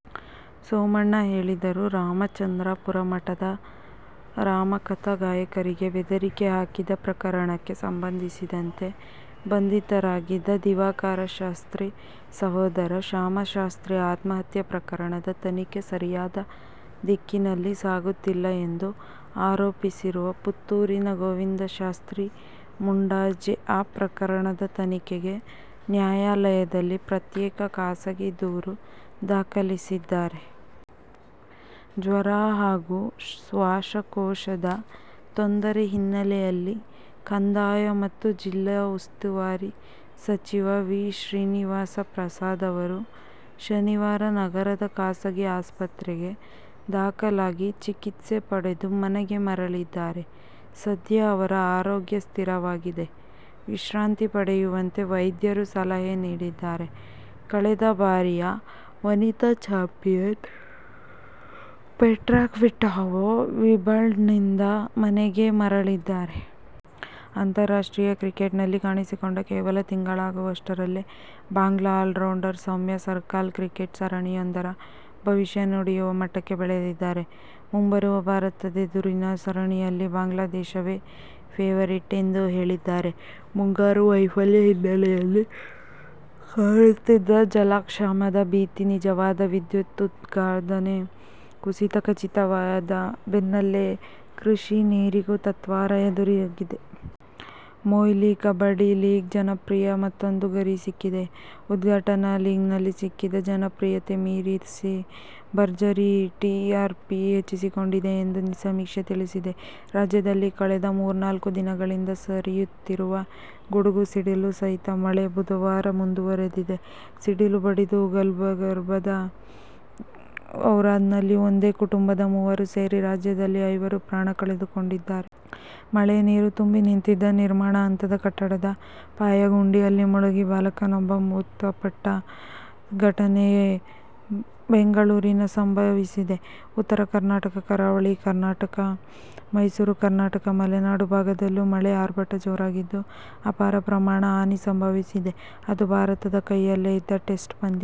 ಸೋಮಣ್ಣ ಹೇಳಿದರು. ರಾಮಚಂದ್ರಾಪುರ ಮಠದ ರಾಮಕಥಾ ಗಾಯಕರಿಗೆ ಬೆದರಿಕೆ ಹಾಕಿದ ಪ್ರಕರಣಕ್ಕೆ ಸಂಬಂಧಿಸಿದಂತೆ ಬಂಧಿತರಾಗಿದ್ದ ದಿವಾಕರಶಾಸ್ತ್ರಿ ಸಹೋದರ ಶಾಮಶಾಸ್ತ್ರಿ ಆತ್ಮಹತ್ಯೆ ಪ್ರಕರಣದ ತನಿಖೆ ಸರಿಯಾದ ದಿಕ್ಕಿನಲ್ಲಿ ಸಾಗುತ್ತಿಲ್ಲ ಎಂದು ಆರೋಪಿಸಿರುವ ಪುತ್ತೂರಿನ ಗೋವಿಂದಶಾಸ್ತ್ರಿ ಮುಂಡಾಜೆ, ಆ ಪ್ರಕರಣದ ತನಿಖೆಗೆ ನ್ಯಾಯಾಲಯದಲ್ಲಿ ಪ್ರತ್ಯೇಕ ಖಾಸಗಿ ದೂರು ದಾಖಲಿಸಿದ್ದಾರೆ. ಜ್ವರ ಹಾಗೂ ಶ್ವಾಸಕೋಶದ ತೊಂದರೆ ಹಿನ್ನೆಲೆಯಲ್ಲಿ ಕಂದಾಯ ಮತ್ತು ಜಿಲ್ಲಾ ಉಸ್ತುವಾರಿ ಸಚಿವ ವಿ. ಶ್ರೀನಿವಾಸ ಪ್ರಸಾದ್ ಅವರು ಶನಿವಾರ ನಗರದ ಖಾಸಗಿ ಆಸ್ಪತ್ರೆಗೆ ದಾಖಲಾಗಿ, ಚಿಕಿತ್ಸೆ ಪಡೆದು ಮನೆಗೆ ಮರಳಿದ್ದಾರೆ. ಸದ್ಯ ಅವರ ಆರೋಗ್ಯ ಸ್ಥಿರವಾಗಿದೆ. ವಿಶ್ರಾಂತಿ ಪಡೆಯುವಂತೆ ವೈದ್ಯರು ಸಲಹೆ ನೀಡಿದ್ದಾರೆ. ಕಳೆದ ಬಾರಿಯ ವನಿತಾ ಚಾಂಪಿಯನ್ ಪೆಟ್ರಾ ಕ್ವಿಟೋವಾ ವಿಂಬಲ್ಡನ್ನಿಂದ ಮನೆಗೆ ಮರಳಿದ್ದಾರೆ. ಅಂತಾರಾಷ್ಟ್ರೀಯ ಕ್ರಿಕೆಟ್ನಲ್ಲಿ ಕಾಣಿಸಿಕೊಂಡು ಕೇವಲ ತಿಂಗಳಾಗುವಷ್ಟರಲ್ಲೇ ಬಾಂಗ್ಲಾ ಆಲ್ರೌಂಡರ್ ಸೌಮ್ಯ ಸರ್ಕಾರ್ ಕ್ರಿಕೆಟ್ ಸರಣಿಯೊಂದರ ಭವಿಷ್ಯ ನುಡಿಯುವ ಮಟ್ಟಕ್ಕೆ ಬೆಳೆದಿದ್ದಾರೆ. ಮುಂಬರುವ ಭಾರತದೆದುರಿನ ಸರಣಿಯಲ್ಲಿ ಬಾಂಗ್ಲಾದೇಶವೇ ಫೇವರಿಟ್ ಎಂದು ಹೇಳಿದ್ದಾರೆ. ಮುಂಗಾರು ವೈಫಲ್ಯ ಹಿನ್ನೆಲೆಯಲ್ಲಿ ಕಾಡುತ್ತಿದ್ದ ಜಲಕ್ಷಾಮದ ಭೀತಿ ನಿಜವಾಗಿದೆ. ವಿದ್ಯುತ್ ಉತ್ಪಾದನೆ ಕುಸಿತ ಖಚಿತವಾದ ಬೆನ್ನಲ್ಲೇ ಕೃಷಿ ನೀರಿಗೂ ತತ್ವಾರ ಎದುರಾಗಿದೆ. ಮೊಯ್ಲಿ ಕಬಡ್ಡಿ ಲೀಗ್ ಜನಪ್ರಿಯಕ್ಕೆ ಮತ್ತೂಂದು ಗರಿ ಸಿಕ್ಕಿದೆ. ಉದ್ಘಾಟನಾ ಲೀಗ್ನಲ್ಲಿ ಸಿಕ್ಕಿದ್ದ ಜನಪ್ರಿಯತೆ ಮೀರಿಸಿ ಭರ್ಜರಿ ಟಿಆರ್ಪಿ ಹೆಚ್ಚಿಸಿಕೊಂಡಿದೆ ಎಂದು ಸಮೀಕ್ಷೆ ತಿಳಿಸಿದೆ. ರಾಜ್ಯದಲ್ಲಿ ಕಳೆದ ಮೂರ್ನಾಲ್ಕು ದಿನಗಳಿಂದ ಸುರಿಯುತ್ತಿರುವ ಗುಡುಗು ಸಿಡಿಲು ಸಹಿತ ಮಳೆ ಬುಧವಾರವೂ ಮುಂದುವರೆದಿದೆ. ಸಿಡಿಲು ಬಡಿದು ಗುಲ್ಬರ್ಗದ ಔರಾದ್ನಲ್ಲಿ ಒಂದೇ ಕುಟುಂಬದ ಮೂವರು ಸೇರಿ ರಾಜ್ಯದಲ್ಲಿ ಐವರು ಪ್ರಾಣ ಕಳೆದುಕೊಂಡಿದ್ದಾರೆ. ಮಳೆ ನೀರು ತುಂಬಿ ನಿಂತಿದ್ದ ನಿರ್ಮಾಣ ಹಂತದ ಕಟ್ಟಡದ ಪಾಯದ ಗುಂಡಿಯಲ್ಲಿ ಮುಳುಗಿ ಬಾಲಕನೊಬ್ಬ ಮೃತಪಟ್ಟ ಘಟನೆ ಬೆಂಗಳೂರಿನಲ್ಲಿ ಸಂಭವಿಸಿದೆ. ಉತ್ತರ ಕರ್ನಾಟಕ, ಕರಾವಳಿ ಕರ್ನಾಟಕ, ಮೈಸೂರು ಕರ್ನಾಟಕ, ಮಲೆನಾಡು ಭಾಗದಲ್ಲೂ ಮಳೆ ಆರ್ಭಟ ಜೋರಾಗಿದ್ದು ಅಪಾರ ಪ್ರಮಾಣದ ಹಾನಿ ಸಂಭವಿಸಿದೆ. ಅದು ಭಾರತದ ಕೈಯಲ್ಲೇ ಇದ್ದ ಟೆಸ್ಟ್ ಪಂದ್ಯ.